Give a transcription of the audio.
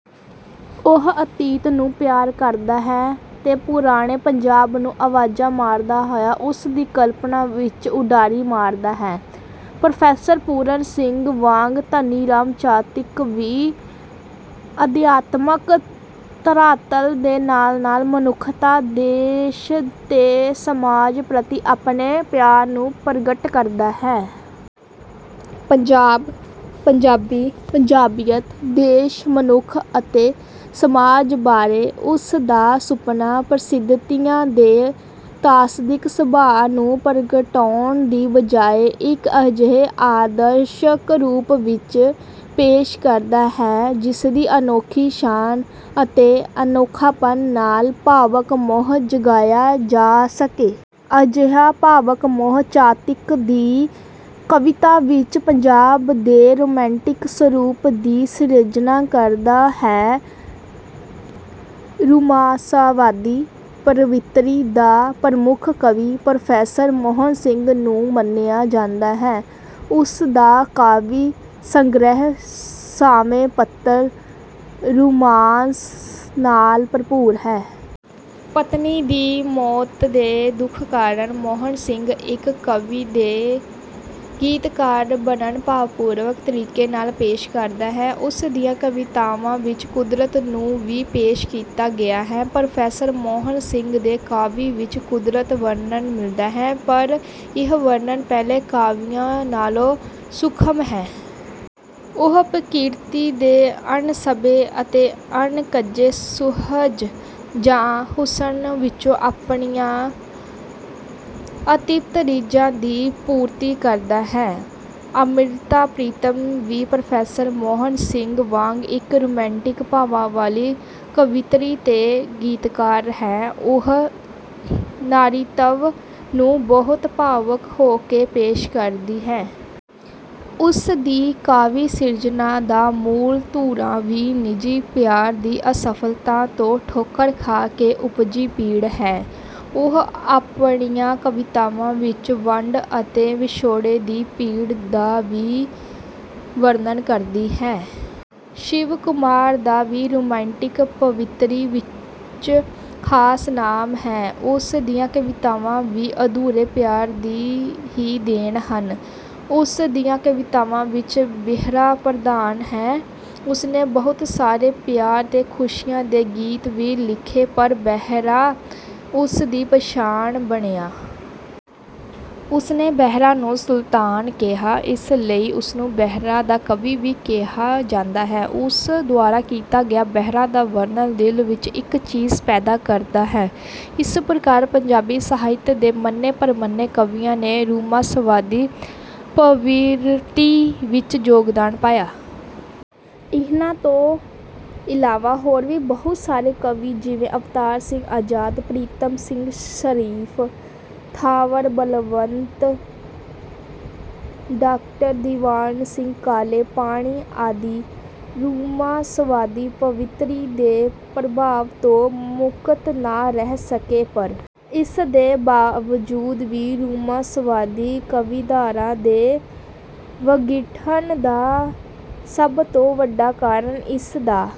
ਉਹ ਅਤੀਤ ਨੂੰ ਪਿਆਰ ਕਰਦਾ ਹੈ ਤੇ ਪੁਰਾਣੇ ਪੰਜਾਬ ਨੂੰ ਆਵਾਜ਼ਾਂ ਮਾਰਦਾ ਹੋਇਆ ਉਸ ਦੀ ਕਲਪਨਾ ਵਿੱਚ ਉਡਾਰੀ ਮਾਰਦਾ ਹੈ। ਪ੍ਰੋਫੈਸਰ ਪੂਰਨ ਸਿੰਘ ਵਾਂਗ ਧਨੀ ਰਾਮ ਚਾਤ੍ਰਿਕ ਵੀ ਅਧਿਆਤਮਕ ਧਰਾਤਲ ਦੇ ਨਾਲ-ਨਾਲ ਮਨੁੱਖਤਾ, ਦੇਸ਼ ਤੇ ਸਮਾਜ ਪ੍ਰਤੀ ਆਪਣੇ ਪਿਆਰ ਨੂੰ ਪ੍ਰਗਟ ਕਰਦਾ ਹੈ। ਪੰਜਾਬ, ਪੰਜਾਬੀ, ਪੰਜਾਬੀਅਤ, ਦੇਸ਼, ਮਨੁੱਖ ਅਤੇ ਸਮਾਜ ਬਾਰੇ ਉਸ ਦਾ ਸੁਪਨਾ ਪ੍ਰਸਥਿਤੀਆਂ ਦੇ ਤ੍ਰਾਸਦਿਕ ਸੁਭਾਅ ਨੂੰ ਪ੍ਰਗਟਾਉਣ ਦੀ ਬਜਾਇ ਇੱਕ ਅਜਿਹੇ ਆਦਰਸ਼ਕ ਰੂਪ ਵਿੱਚ ਪੇਸ਼ ਕਰਦਾ ਹੈ, ਜਿਸਦੀ ਅਨੋਖੀ ਸ਼ਾਨ ਅਤੇ ਅਨੋਖਾਪਣ ਨਾਲ ਭਾਵਕ ਮੋਹ ਜਗਾਇਆ ਜਾ ਸਕੇ। ਅਜਿਹਾ ਭਾਵਕ ਮੋਹ ਚਾਤ੍ਰਿਕ ਦੀ ਕਵਿਤਾ ਵਿੱਚ ਪੰਜਾਬ ਦੇ ਰੋਮਾਂਟਿਕ ਸਰੂਪ ਦੀ ਸਿਰਜਣਾ ਕਰਦਾ ਹੈ। ਰੁਮਾਂਸਵਾਦੀ ਪ੍ਰਵਿਰਤੀ ਦਾ ਪ੍ਰਮੁੱਖ ਕਵੀ ਪ੍ਰੋਫੈਸਰ ਮੋਹਨ ਸਿੰਘ ਨੂੰ ਮੰਨਿਆ ਜਾਂਦਾ ਹੈ। ਉਸ ਦਾ ਕਾਵਿ ਸੰਗ੍ਰਹਿ 'ਸਾਵੇਂ ਪੱਤਰ' ਰੁਮਾਂਸ ਨਾਲ ਭਰਪੂਰ ਹੈ। ਪਤਨੀ ਦੀ ਮੌਤ ਦੇ ਦੁੱਖ ਕਾਰਨ ਮੋਹਨ ਸਿੰਘ ਇੱਕ ਕਵੀ ਤੇ ਗੀਤਕਾਰ ਬਣ ਭਾਵਪੂਰਕ ਤਰੀਕੇ ਨਾਲ ਪੇਸ਼ ਕਰਦਾ ਹੈ। ਉਸ ਦੀਆਂ ਕਵਿਤਾਵਾਂ ਵਿੱਚ ਕੁਦਰਤ ਨੂੰ ਵੀ ਪੇਸ਼ ਕੀਤਾ ਗਿਆ ਹੈ। ਪ੍ਰੋਫੈਸਰ ਮੋਹਨ ਸਿੰਘ ਦੇ ਕਾਵਿ ਵਿੱਚ ਕੁਦਰਤ ਵਰਨਣ ਮਿਲਦਾ ਹੈ, ਪਰ ਇਹ ਵਰਣਨ ਪਹਿਲੇ ਕਵੀਆਂ ਨਾਲੋਂ ਸੂਖਮ ਹੈ। ਉਹ ਪ੍ਰਕਿਰਤੀ ਦੇ ਅਣਸਂਭੇ ਅਤੇ ਅਣਕੱਜੇ ਸੁਹਜ ਜਾਂ ਹੁਸਨ ਵਿੱਚੋਂ ਆਪਣੀਆਂ ਅਤ੍ਰਿਪਤ ਰੀਝਾਂ ਦੀ ਪੂਰਤੀ ਕਰਦਾ ਹੈ। ਅੰਮ੍ਰਿਤਾ ਪ੍ਰੀਤਮ ਵੀ ਪ੍ਰੋਫੇਸਰ ਮੋਹਨ ਸਿੰਘ ਵਾਂਗ ਇੱਕ ਰੁਮਾਂਟਿਕ ਭਾਵਾਂ ਵਾਲੀ ਕਵਿੱਤਰੀ ਤੇ ਗੀਤਕਾਰ ਹੈ। ਉਹ ਨਾਰੀਤਵ ਨੂੰ ਬਹੁਤ ਭਾਵੁਕ ਹੋ ਕੇ ਪੇਸ਼ ਕਰਦੀ ਹੈ। ਉਸ ਦੀ ਕਾਵਿ ਸਿਰਜਣਾ ਦਾ ਮੂਲ ਧੁਰਾ ਵੀ ਨਿੱਜੀ ਪਿਆਰ ਦੀ ਅਸਫ਼ਲਤਾ ਤੋਂ ਠੋਕਰ ਖਾ ਕੇ ਉਪਜੀ ਪੀੜ ਹੈ। ਉਹ ਆਪਣੀਆਂ ਕਵਿਤਾਵਾਂ ਵਿੱਚ ਵੰਡ ਅਤੇ ਵਿਛੋੜੇ ਦੀ ਪੀੜ ਦਾ ਵੀ ਵਰਨਣ ਕਰਦੀ ਹੈ। ਸ਼ਿਵ ਕੁਮਾਰ ਦਾ ਵੀ ਰੁਮਾਂਸਵਾਦੀ ਪ੍ਰਵਿਰਤੀ ਵਿੱਚ ਖਾਸ ਨਾਮ ਹੈ। ਉਸ ਦੀਆਂ ਕਵਿਤਾਵਾਂ ਵੀ ਅਧੂਰੇ ਪਿਆਰ ਦੀ ਹੀ ਦੇਣ ਹਨ। ਉਸ ਦੀਆਂ ਕਵਿਤਾਵਾਂ ਵਿੱਚ ਬਿਰਹਾ ਪ੍ਰਧਾਨ ਹੈ। ਉਸਨੇ ਬਹੁਤ ਸਾਰੇ ਪਿਆਰ ਤੇ ਖੁਸ਼ੀਆਂ ਦੇ ਗੀਤ ਵੀ ਲਿਖੇ, ਪਰ ਬਿਰਹਾ ਉਸ ਦੀ ਪਛਾਣ ਬਣਿਆ। ਉਸਨੇ ਬਿਰਹਾ ਨੂੰ ਸੁਲਤਾਨ ਕਿਹਾ। ਇਸ ਲਈ ਉਸਨੂੰ ਬਿਰਹਾ ਦਾ ਕਵੀ ਵੀ ਕਿਹਾ ਜਾਂਦਾ ਹੈ। ਉਸ ਦੁਆਰਾ ਕੀਤਾ ਗਿਆ ਬਿਰਹਾ ਦਾ ਵਰਨਣ ਦਿਲ ਵਿੱਚ ਇੱਕ ਚੀਸ ਪੈਦਾ ਕਰਦਾ ਹੈ। ਇਸ ਪ੍ਰਕਾਰ ਪੰਜਾਬੀ ਸਾਹਿਤ ਦੇ ਮੰਨੇ-ਪ੍ਰਮੰਨੇ ਕਵੀਆਂ ਨੇ ਰੁਮਾਂਸਵਾਦੀ ਪ੍ਰਵਿਰਤੀ ਵਿੱਚ ਯੋਗਦਾਨ ਪਾਇਆ। ਇਨ੍ਹਾਂ ਤੋਂ ਇਲਾਵਾ ਹੋਰ ਵੀ ਬਹੁਤ ਸਾਰੇ ਕਵੀ ਜਿਵੇਂ ਅਵਤਾਰ ਸਿੰਘ ਆਜ਼ਾਦ, ਪ੍ਰੀਤਮ ਸਿੰਘ ਸਫ਼ੀਰ, ਥਾਵਰ ਬਲਵੰਤ, ਡਾਕਟਰ ਦੀਵਾਨ ਸਿੰਘ ਕਾਲੇ ਪਾਣੀ ਆਦਿ ਰੁਮਾਂਸਵਾਦੀ ਪ੍ਰਵਿਰਤੀ ਦੇ ਪ੍ਰਭਾਵ ਤੋਂ ਮੁਕਤ ਨਾ ਰਹਿ ਸਕੇ। ਪਰ ਇਸ ਦੇ ਬਾਵਜੂਦ ਵੀ ਰੁਮਾਂਸਵਾਦੀ ਕਾਵਿਧਾਰਾ ਦੇ ਵਿਗਠਨ ਦਾ ਸਭ ਤੋਂ ਵੱਡਾ ਕਾਰਨ ਇਸ ਦਾ